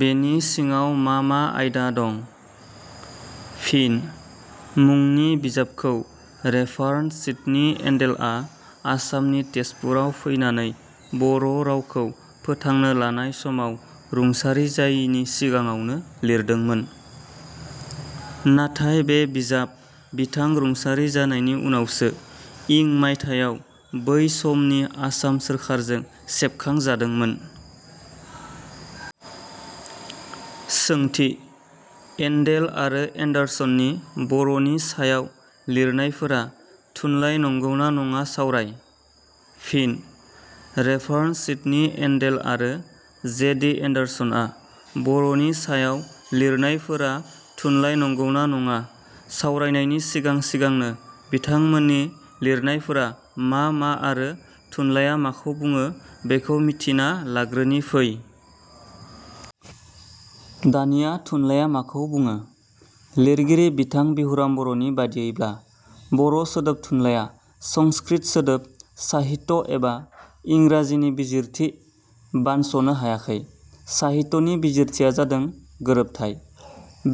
बेनि सिङाव मा मा आयदा दं? फिन: "" मुंनि बिजाबखौ रेभारण्ड सिदनि एण्डेलआ आसामनि तेजपुराव फैनानै बर' रावखौ फोथांनो लानाय समाव रुंसारि जायिनि सिगांआवनो लिरदोंमोन। नाथाइ बे बिजाब बिथां रुंसारि जानायनि उनावसो इं मायथायाव बै समनि आसाम सोरखारजों सेबखां जादोंमोन। सोंथि: एण्डेल आरो एण्डार्सननि बर'नि सायाव लिरनायफोरा थुनलाइ नंगौना नङा सावराय। फिन: रेभारण्ड सिदनि एण्डेल आरो जे. डि. एण्डार्सनआ बर'नि सायाव लिरनायफोरा थुनलाइ नंगौना नङा सावरायनायनि सिगां सिगांनो बिथांमोननि लिरनायफोरा मा मा आरो थुनलाया माखौ बुङो बेखौ मिथिना लाग्रोनि फै। दानिया थुनलाइया माखौ बुङो? लिरगिरि बिथां बिहुराम बर'नि बादियैब्ला- बर' सोदोब थुनलाइया संस्कृत सोदोब साहित्य, एबा इंराजि नि बिजिरथि बानसनो हायाखै। साहित्य'नि बिजिरथिया जादों – गोरोबथाइ।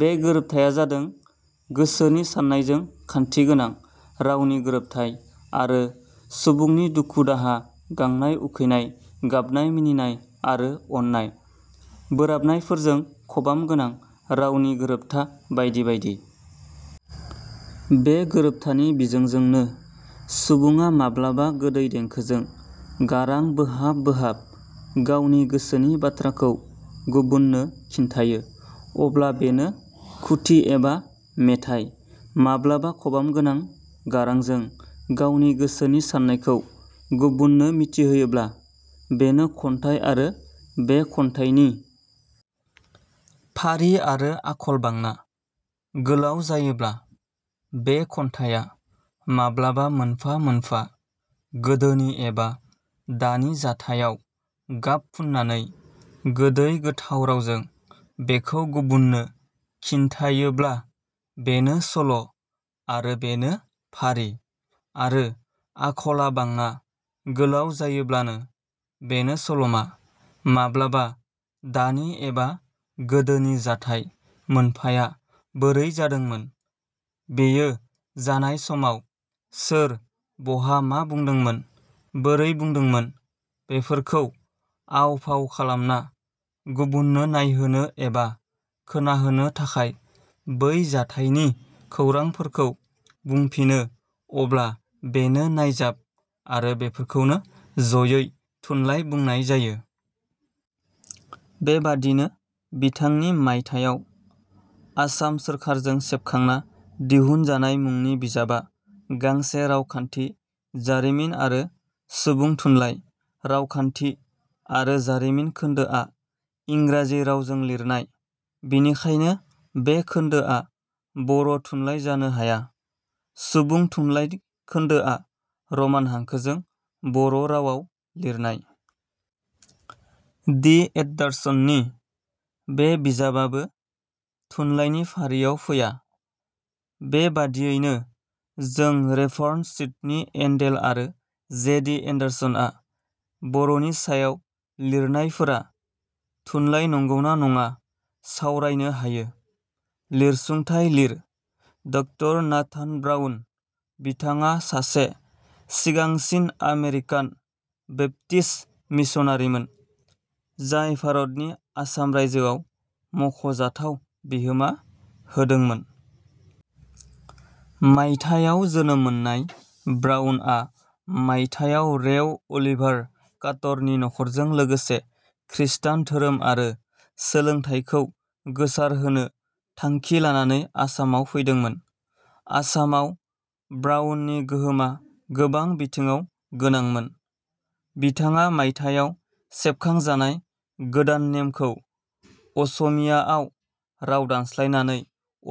बे गोरोबथाया जादों गोसोनि साननायजों खान्थिगोनां रावनि गोरोबथाइ आरो सुबुंनि दुखु-दाहा, गांनाय, उखैनाय, गाबनाय-मिनिनाय आरो अननाय बोराबनायफोरजों खबामगोनां रावनि गोरोबथा बायदि बायदि। बे गोरोबथानि बिजोंजोंनो सुबुडा माब्लाबा गोदै देंखोजों गारां बोहाब बोहाब गावनि गोसोनि बाथ्राखौ गुबुननो खिन्थायो अब्ला बेनो खुथि एबा मेथाइ, माब्लाबा खबामगोनां गारांजों गावनि गोसोनि साननायखौ गुबुननो मिथिहोयोब्ला- बेनो खन्थाइ आरो बे खन्थाइनि फारि आरो आखल बांना गोलाव जायोब्ला बे खन्थाया माब्लाबा मोनफा मोनफा गोदोनि एबा दानि जाथाइयाव गाब फुननानै गोदै गोथाव रावजों बेखौ गुबुननो खिन्थायोब्ला बेनो सल' आरो बेनो फारि, आरो आखला बांना गोलाव जायोब्लानो बेनो सल'मा, माब्लाबा दानि एबा गोदोनि जाथाइ मोनफाया बोरै जादोंमोन, बेयो जानाय समाव सोर, बहा मा बुंदोंमोन, बोरै बुंदोंमोन, बेफोरखौ आव-फाव खालामना गुबुननो नायहोनो एबा खोनाहोनो थाखाय बै जाथाइनि खौरांफोरखौ बुंफिनो अब्ला बेनो नायजाब आरो बेफोरखौनो जयै थुनलाइ बुंनाय जायो। बेबादिनो बिथांनि मायथाइयाव आसाम सोरखारजों सेबखांना दिहुनजानाय मुंनि बिजाबा गांसे रावखान्थि, जारिमिन आरो सुबुं थुनलाइ। रावखान्थि आरो जारिमिन खोन्दोआ इंराजि रावजों लिरनाय। बेनिखायनो बे खोन्दोआ बर' थुनलाइ जानो हाया। सुबुं थुनलाइ खोन्दोआ रमान हांखोजों बर' रावाव लिरनाय। डि. एतण्डार्सननि बे बिजाबाबो थुनलायनि फारियाव फैया। बेबादियैनो जों रेभारण्ड सिदनि एण्डेल आरो जे. डि. एण्डार्सनआ बर'नि सायाव लिरनायफोरा थुनलाइ नंगौना नङा सावरायनो हायो। लिरसुंथाइ लिर:. ड नाथान ब्राउन:-बिथाङा सासे सिगांसिन आमेरिकान बैपटिस्ट मिसनारिमोन, जाय भारतनि आसाम रायजोआव मख'जाथाव बिहोमा होदोंमोन। माइथायाव जोनोम मोननाय ब्राउनआ माइथायाव रेव. अलिभार काटरनि नख'रजों लोगोसे ख्रिस्थान धोरोम आरो सोलोंथाइखौ गोसारहोनो थांखि लानानै आसामाव फैदोंमोन। आसामाव ब्राउननि गोहोमा गोबां बिथिंङाव गोनांमोन। बिथाङा मायथाइयाव सेबखांजानाय गोदान नेमखौ असमियाआव राव दानस्लायनानै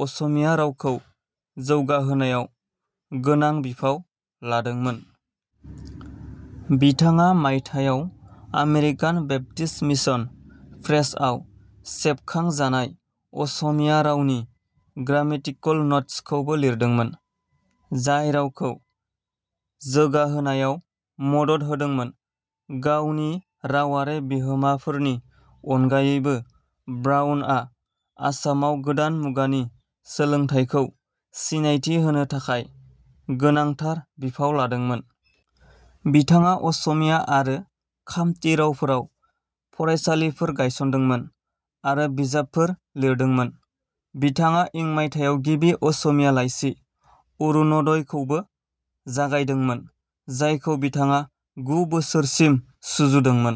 असमिया रावखौ जौगाहोनायाव गोनां बिफाव लादोंमोन। बिथाङा मायथाइयाव आमेरिकान बैपटिस्ट मिसन प्रेसआव सेबखांजानाय "असमिया रावनि ग्रामेटिकल नोटस" खौबो लिरदोंमोन, जाय रावखौ जोगाहोनायाव मदद होदोंमोन। गावनि रावारि बिहोमाफोरनि अनगायैबो, ब्राउनआ आसामाव गोदान मुगानि सोलोंथाइखौ सिनायथि होनो थाखाय गोनांथार बिफाव लादोंमोन। बिथाङा असमिया आरो खामती रावफोराव फरायसालिफोर गायसनदोंमोन आरो बिजाबफोर लिरदोंमोन। बिथाङा इं माइथायाव गिबि असमिया लाइसि 'अरुण'दय' खौबो जागायदोंमोन, जायखौ बिथाङा गु बोसोरसिम सुजुदोंमोन।